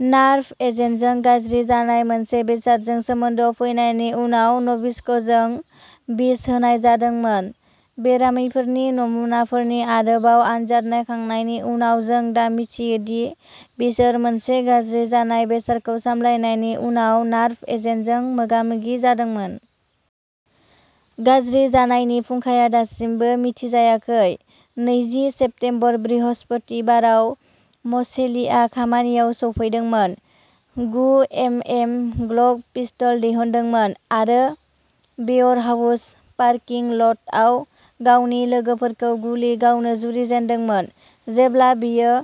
Nerve एजेन्टजों गाज्रि जानाय मोनसे बेसादजों सोमोन्दोआव फैनायनि उनाव न'भिचक'जों बिस होनाय जादोंमोन। "बेरामिफोरनि नमुनाफोरनि आरोबाव आनजाद नायखांनायनि उनाव, जों दा मिथियो दि बिसोर मोनसे गाज्रि जानाय बेसादखौ सामलायनायनि उनाव नार्भ एजेन्टजों मोगामोगि जादोंमोन।" गाज्रि जानायनि फुंखाया दासिमबो मिथिजायाखै। नैजि सेप्तेम्बर बृहस्पतिबाराव मसेलिआ खामानियाव सौफैदोंमोन, गु एमएम ग्लक पिस्टल दिहुनदोंमोन आरो वेयरहाउस पार्किं ल'टआव गावनि लोगोफोरखौ गुलि गावनो जुरिजेनदोंमोन। जेब्ला बियो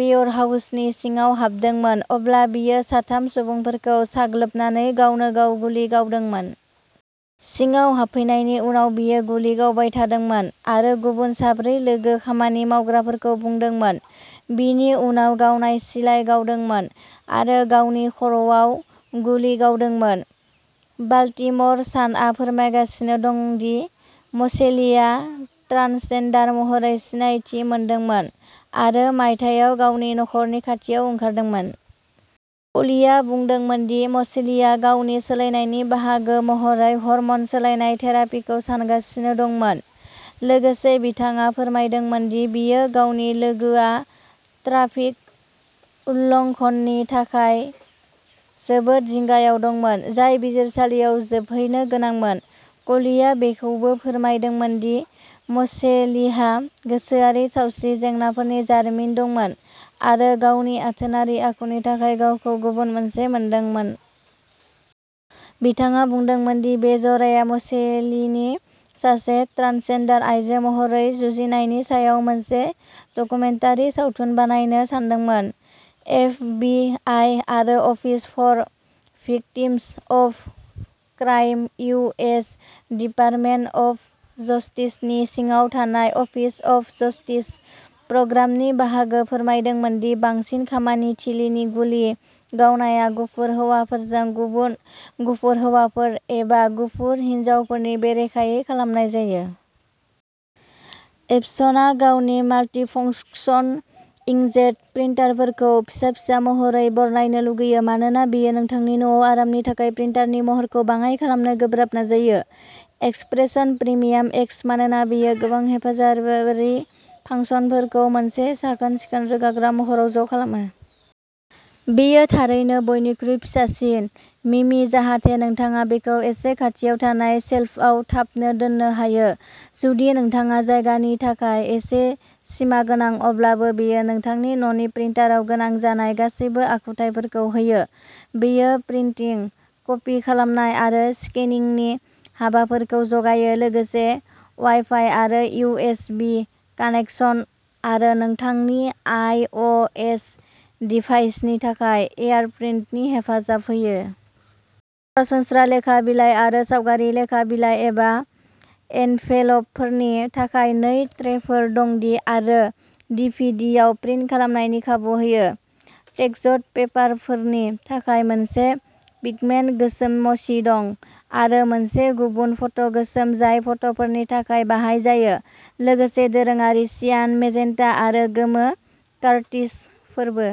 वेयरहाउसनि सिङाव हाबदोंमोन अब्ला बियो साथाम सुबुंफोरखौ साग्लोबनानै गावनोगाव गुलि गावदोंमोन। सिङाव हाबफैनायनि उनाव बियो गुलि गावबाय थादोंमोन आरो गुबुन साब्रै लोगो खामानि मावग्राफोरखौ बुदोंमोन, बिनि उनाव गावनाय सिलाइ गावदोंमोन आरो गावनि खर'आव गुलि गावदोंमोन। बाल्टिम'र सानआ फोरमायगासिनो दं दि मसेलिआ ट्रान्सजेन्डार महरै सिनायथि मोनदोंमोन आरो मायथाइयाव गावनि नखरनि खाथियाव ओंखारदोंमोन। क'लिआ बुंदोंमोन दि मसेलिआ गावनि सोलायनायनि बाहागो महरै हर्मन सोलायनाय थेरापिखौ सानगासिनो दंमोन। लोगोसे, बिथाङा फोरमायदोंमोन दि बियो गावनि लोगोआ ट्राफिक उल्लङ्घननि थाखाय जोबोद जिंगायाव दंमोन, जाय बिजिरसालियाव जोबहैनो गोनांमोन। क'लिआ बेखौबो फोरमायदोंमोन दि म'सेलीहा गोसोआरि सावस्रि जेंनाफोरनि जारिमिन दंमोन आरो गावनि आथोनारि आखुनि थाखाय गावखौ गुबुन मोनसे मोनदोंमोन। बिथाङा बुंदोंमोन दि बे जराया म'सेलीनि सासे ट्रान्सजेन्डार आइजो महरै जुजिनायनि सायाव मोनसे डकुमेन्टारि सावथुन बानायनो सानदोंमोन। एफ बि आइ आरो office for victims of crime U S department of जस्टिसनि सिङाव थानाय अफिस अफ जस्टिस प्रग्रामनि बाहागो फोरमायदोंमोन दि बांसिन खामानि थिलिनि गुलि गावनाया गुफुर हौवाफोरजों गुबुन गुफुर हौवाफोर एबा गुफुर हिनजावफोरनि बेरेखायै खालामनाय जायो। एप्सनआ गावनि माल्टिफंक्शन इंकजेट प्रिन्टारफोरखौ फिसा-फिसा महरै बरनायनो लुगैयो, मानोना बेयो नोंथांनि न'आव आरामनि थाखाय प्रिन्टारनि महरखौ बाङाइ खालामनो गोब्राब नाजायो। एक्सप्रेशन प्रिमियाम एक्स मानोना बेयो गोबां हेफाजाबारि फांसनफोरखौ मोनसे साखोन-सिखोन, रोगाग्रा महराव ज' खालामो। बेयो थारैनो बयनिख्रुइ फिसासिन। मिमि, जाहाथे नोंथाङा बेखौ एसे खाथियाव थानाय सेल्फआव थाबनो दोननो हायो, जुदि नोंथाङा जायगानि थाखाय एसे सिमागोनां अब्लाबो, बेयो नोंथांनि न'नि प्रिन्टाराव गोनां जानाय गासैबो आखुथायफोरखौ होयो। बेयो प्रिन्टिं, कपि खालामनाय आरो स्केनिंनि हाबाफोरखौ जगायो, लोगोसे वाइफाइ आरो इउ एस बि कानेकसन आरो नोंथांनि आइ अ एस डिभाइसनि थाखाय एयारप्रिन्टनि हेफाजाब होयो। सरासनस्रा लेखा बिलाइ आरो सावगारि लेखा बिलाइ एबा एनभेलपफोरनि थाखाय नै ट्रेफोर दंदि आरो डि भि डि आव प्रिन्ट खालामनायनि खाबु होयो। टेक्सट पेपारफोरनि थाखाय मोनसे पिगमेन्ट गोसोम मसी दं, आरो मोनसे गुबुन फट' गोसोम जाय फट'फोरनि थाखाय बाहाय जायो, लोगोसे दोरोङारि सियान, मेजेन्टा आरो गोमो कार्ट्रिजफोरबो।